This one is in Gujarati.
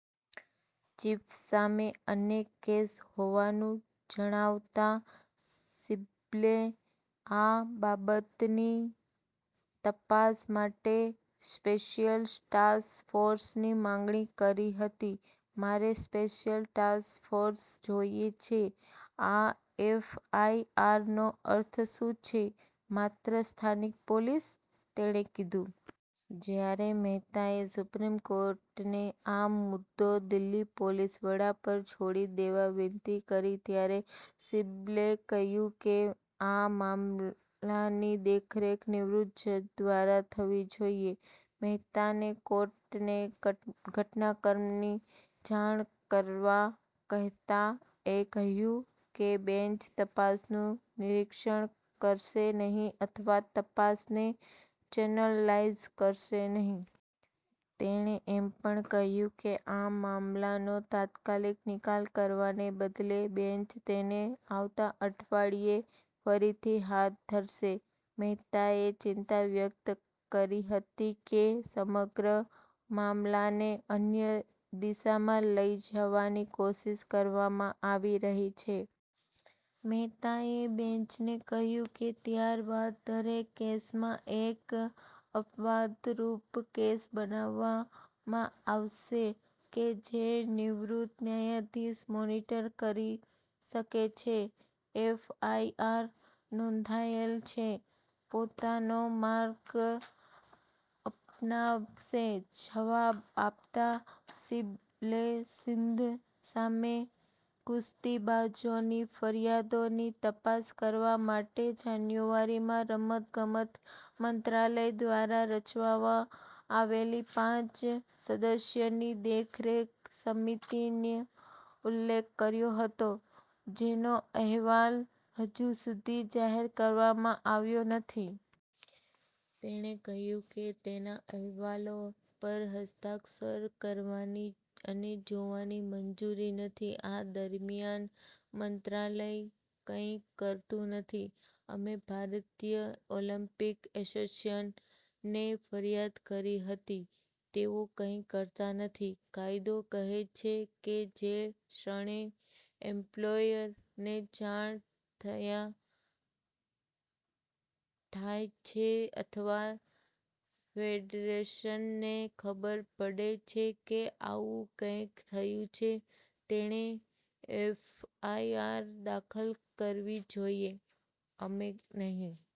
ચીફ સામે અનેક કેસ હોવાનું જણાવતા સિબ્બલે આ બાબતની તપાસ માટે સ્પેશિયલ ટાસ્ક ફોર્સની માંગણી કરી હતી. "મારે સ્પેશિયલ ટાસ્ક ફોર્સ જોઈએ છે. આ એફઆઈઆરનો અર્થ શું છે, માત્ર સ્થાનિક પોલીસ? તેણે કીધુ. જ્યારે મહેતાએ સુપ્રીમ કોર્ટને આ મુદ્દો દિલ્હી પોલીસ વડા પર છોડી દેવા વિનંતી કરી ત્યારે સિબ્બલે કહ્યું કે આ મામલાની દેખરેખ નિવૃત્ત જજ દ્વારા થવી જોઈએ. મહેતાને કોર્ટને ઘટનાક્રમની જાણ કરવા કહેતાં એ કહ્યું કે બેંચ "તપાસનું નિરીક્ષણ કરશે નહીં અથવા તપાસને ચેનલલાઈઝ કરશે નહીં". તેમણે એમ પણ કહ્યું કે આ મામલાનો તાત્કાલિક નિકાલ કરવાને બદલે બેન્ચ તેને આવતા અઠવાડિયે ફરીથી હાથ ધરશે. મહેતાએ ચિંતા વ્યક્ત કરી હતી કે સમગ્ર મામલાને "અન્ય દિશામાં" લઈ જવાની કોશિશ કરવામાં આવી રહી છે. મહેતાએ બેન્ચને કહ્યું કે "ત્યારબાદ દરેક કેસમાં, એક અપવાદરૂપ કેસ બનાવવામાં આવશે કે જે નિવૃત્ત ન્યાયાધીશ મોનીટર કરી શકે છે. એફઆઈઆર નોંધાયેલ છે. પોતાનો માર્ગ અપનાવશે," જવાબ આપતા સિબ્બલે સિંઘ સામે કુસ્તીબાજોની ફરિયાદોની તપાસ કરવા માટે જાન્યુઆરીમાં રમતગમત મંત્રાલય દ્વારા રચવામાં આવેલી પાંચ-સદસ્યની દેખરેખ સમિતિનો ઉલ્લેખ કર્યો હતો, જેનો અહેવાલ હજુ સુધી જાહેર કરવામાં આવ્યો નથી. તેમણે કહ્યું કે "તેના અહેવાલ પર હસ્તાક્ષર કરવાની અને જોવાની મંજૂરી નથી આ દરમિયાન, મંત્રાલય કંઈ કરતું નથી. અમે ભારતીય ઓલિમ્પિક એસોસિએશનને ફરિયાદ કરી હતી. તેઓ કંઈ કરતા નથી. કાયદો કહે છે કે જે ક્ષણે એમ્પ્લોયરને જાણ થાય છે અથવા ફેડરેશનને ખબર પડે છે કે આવું કંઈક થયું છે, તેમણે એફઆઈઆર દાખલ કરવી જોઈએ, અમે નહીં.